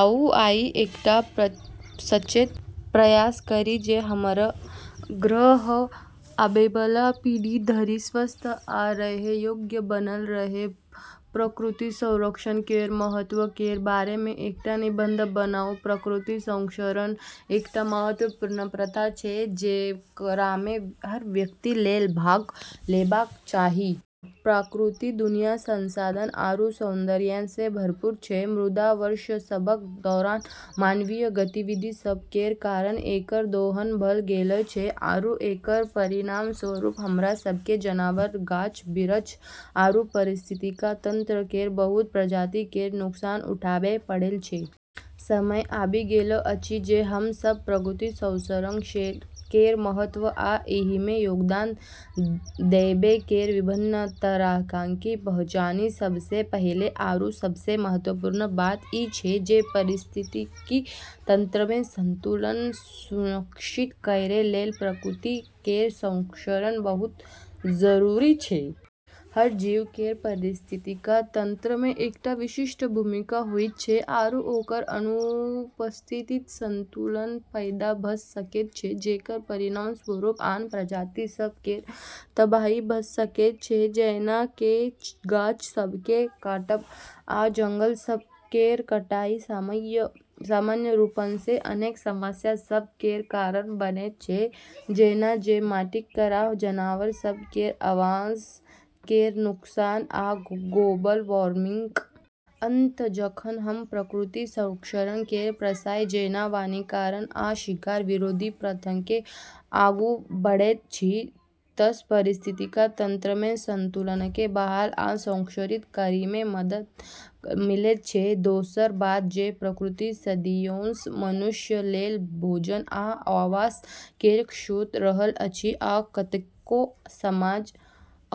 आउ आइ एकटा सचेत प्रयास करी जे हमर ग्रह आबैबला पीढ़ी धरि स्वस्थ आ रहै योग्य बनल रहै। प्रकृति संरक्षण केर महत्व केर बारेमे एकटा निबंध बनाउ। प्रकृति संरक्षण एकटा महत्वपूर्ण प्रथा छै, जेकरामे हर व्यक्ति लेल भाग लेबाक चाही। प्राकृतिक दुनिया संसाधन आरू सौंदर्यसँ भरपूर छै, मुदा वर्ष सभक दौरान मानवीय गतिविधि सभ केर कारण एकर दोहन भऽ गेल छै, आरू एकर परिणामस्वरूप, हमरा सभकेँ जनावर, गाछ-बिरछ आरू पारिस्थितिकी तंत्र केर बहुत प्रजाति केर नुकसान उठाबै पड़ल छै। समय आबि गेल अछि जे हम सब प्रकृति संरक्षण केर महत्व आ एहिमे योगदान देबै केर विभिन्न तरीकाकेँ पहचानी। सबसँ पहिले आरू सबसँ महत्वपूर्ण बात ई छै जे पारिस्थितिकी तंत्रमे संतुलन सुनिश्चित करै लेल प्रकृति केर संरक्षण बहुत जरूरी छै। हर जीव केर पारिस्थितिकी तंत्रमे एकटा विशिष्ट भूमिका होइत छै, आरू ओकर अनुपस्थितिसँ असंतुलन पैदा भऽ सकैत छै जेकर परिणामस्वरूप आन प्रजाति सभ केर तबाही भऽ सकैत छै। जेना जे गाछ सभकेँ काटब आ जंगल सभ केर कटाई, सामान्य रूपसँ, अनेक समस्या सभ केर कारण बनैत छै जेना जे माटिक कटाव, जनावर सभ केर आवास केर नुकसान आ ग्लोबल वार्मिंग। अतः जखन हम प्रकृति संरक्षण केर प्रयास जेना वनीकरण आ शिकार विरोधी प्रथाकेँ आगू बढ़ैत छी तऽ पारिस्थितिकी तंत्रमे संतुलनकेँ बहाल आ संरक्षित करैमे मदद मिलैत छै। दोसर बात जे प्रकृति सदियोसँ मनुष्य लेल भोजन आ आवास केर स्रोत रहल अछि, आ कतेको समाज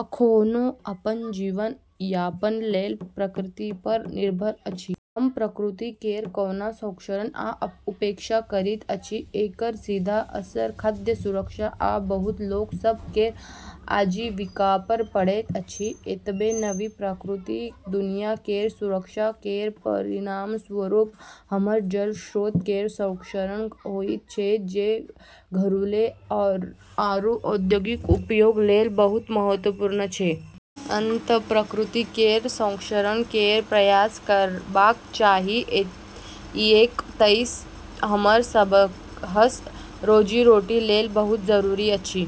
अखनो अपन जीवन यापन लेल प्रकृतिपर निर्भर अछि। हम प्रकृति केर कोना संरक्षण वा उपेक्षा करैत छी एकर सीधा असर खाद्य सुरक्षा आ बहुत लोक सभ केर आजीविकापर पड़ैत अछि। एतबे नहि, प्राकृतिक दुनिया केर सुरक्षा केर परिणामस्वरूप हमर जल स्रोत केर संरक्षण होइत छै, जे घरेलू आरू औद्योगिक उपयोग लेल बहुत महत्वपूर्ण छै। अतः प्रकृति केर संरक्षण केर प्रयास करबाक चाही किऐक तऽ ई हमर सबहक रोजी-रोटी लेल बहुत जरूरी अछि।